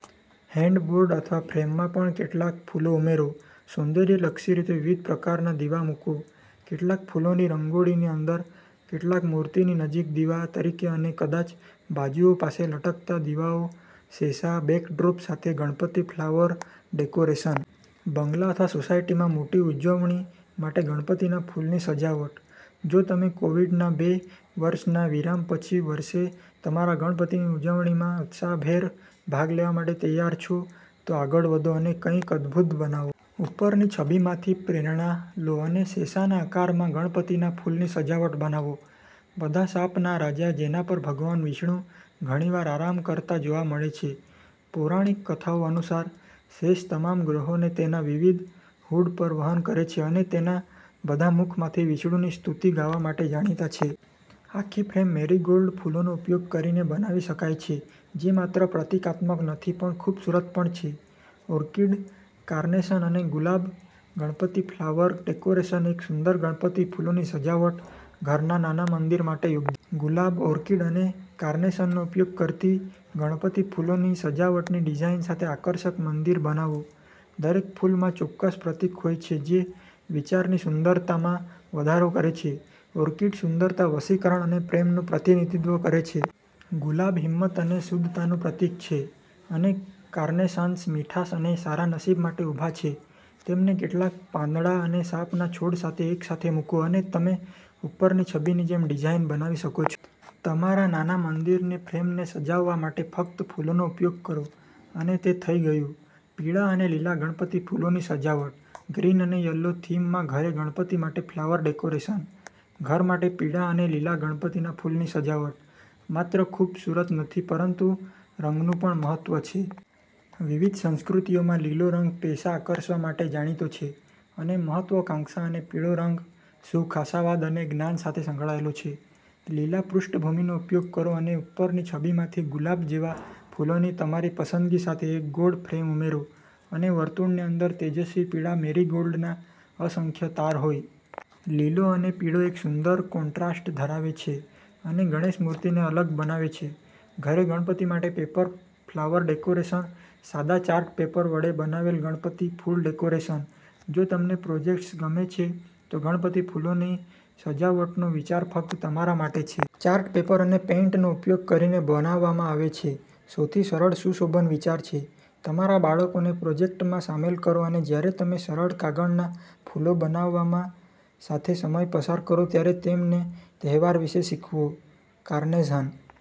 Headboard અથવા ફ્રેમમાં પણ કેટલાક ફૂલો ઉમેરો. સૌંદર્યલક્ષી રીતે વિવિધ પ્રકારનાં દીવા મૂકો. કેટલાક ફૂલોની રંગોળીની અંદર, કેટલાક મૂર્તિની નજીક દીવા તરીકે, અને કદાચ બાજુઓ પાસે લટકતા દીવાઓ. શેષા બેકડ્રોપ સાથે ગણપતિ ફ્લાવર ડેકોરેશન. બંગલા અથવા સોસાયટીમાં મોટી ઉજવણી માટે ગણપતિના ફૂલની સજાવટ. જો તમે કોવિડના બે વર્ષના વિરામ પછી વર્ષે તમારા ગણપતિની ઉજવણીમાં ઉત્સાહભેર ભાગ લેવા માટે તૈયાર છો, તો આગળ વધો અને કંઈક અદ્ભુત બનાવો. ઉપરની છબીમાંથી પ્રેરણા લો અને શેષાના આકારમાં ગણપતિના ફૂલની સજાવટ બનાવો. બધા સાપના રાજા જેના પર ભગવાન વિષ્ણુ ઘણીવાર આરામ કરતા જોવા મળે છે. પૌરાણિક કથાઓ અનુસાર, શેષ તમામ ગ્રહોને તેના વિવિધ હૂડ પર વહન કરે છે અને તેના બધા મુખમાંથી વિષ્ણુની સ્તુતિ ગાવા માટે જાણીતા છે. આખી ફ્રેમ મેરીગોલ્ડ ફૂલોનો ઉપયોગ કરીને બનાવી શકાય છે જે માત્ર પ્રતીકાત્મક નથી પણ ખૂબસૂરત પણ છે. ઓર્કિડ, કાર્નેશન અને ગુલાબ ગણપતિ ફ્લાવર ડેકોરેશન. એક સુંદર ગણપતિ ફૂલોની સજાવટ, ઘરના નાના મંદિર માટે યોગ્ય. ગુલાબ, ઓર્કિડ અને કાર્નેશનનો ઉપયોગ કરતી ગણપતિ ફૂલોની સજાવટની ડિઝાઇન સાથે આકર્ષક મંદિર બનાવો. દરેક ફૂલમાં ચોક્કસ પ્રતીક હોય છે જે વિચારની સુંદરતામાં વધારો કરે છે. ઓર્કિડ સુંદરતા, વશીકરણ અને પ્રેમનું પ્રતિનિધિત્વ કરે છે. ગુલાબ હિંમત અને શુદ્ધતાનું પ્રતીક છે, અને કાર્નેશન્સ મીઠાશ અને સારા નસીબ માટે ઊભા છે. તેમને કેટલાક પાંદડા અને સાપના છોડ સાથે એકસાથે મૂકો, અને તમે ઉપરની છબીની જેમ ડિઝાઇન બનાવી શકો છો. તમારા નાના મંદિરની ફ્રેમને સજાવવા માટે ફક્ત ફૂલોનો ઉપયોગ કરો, અને તે થઈ ગયું. પીળા અને લીલા ગણપતિ ફૂલોની સજાવટ. ગ્રીન અને યલો થીમમાં ઘરે ગણપતિ માટે ફ્લાવર ડેકોરેશન. ઘર માટે પીળા અને લીલા ગણપતિના ફૂલની સજાવટ માત્ર ખૂબસૂરત નથી પરંતુ રંગનું પણ મહત્વ છે. વિવિધ સંસ્કૃતિઓમાં, લીલો રંગ પૈસા આકર્ષવા માટે જાણીતો છે, અને મહત્વાકાંક્ષા અને પીળો રંગ સુખ, આશાવાદ અને જ્ઞાન સાથે સંકળાયેલ છે. લીલા પૃષ્ઠભૂમિનો ઉપયોગ કરો અને ઉપરની છબીમાંથી ગુલાબ જેવા ફૂલોની તમારી પસંદગી સાથે એક ગોળ ફ્રેમ ઉમેરો અને વર્તુળની અંદર, તેજસ્વી પીળા મેરીગોલ્ડના અસંખ્ય તાર હોય. લીલો અને પીળો એક સુંદર કોન્ટ્રાસ્ટ ધરાવે છે અને ગણેશ મૂર્તિને અલગ બનાવે છે. ઘરે ગણપતિ માટે પેપર ફ્લાવર ડેકોરેશન. સાદા ચાર્ટ પેપર વડે બનાવેલ ગણપતિ ફૂલ ડેકોરેશન. જો તમને પ્રોજેક્ટ્સ ગમે છે, તો ગણપતિ ફૂલોની સજાવટનો વિચાર ફક્ત તમારા માટે છે. ચાર્ટ પેપર અને પેઇન્ટનો ઉપયોગ કરીને બનાવવામાં આવે છે, સૌથી સરળ સુશોભન વિચાર છે. તમારા બાળકોને પ્રોજેક્ટમાં સામેલ કરો અને જ્યારે તમે સરળ કાગળના ફૂલો બનાવવામાં સાથે સમય પસાર કરો ત્યારે તેમને તહેવાર વિશે શીખવો. કાર્નેશન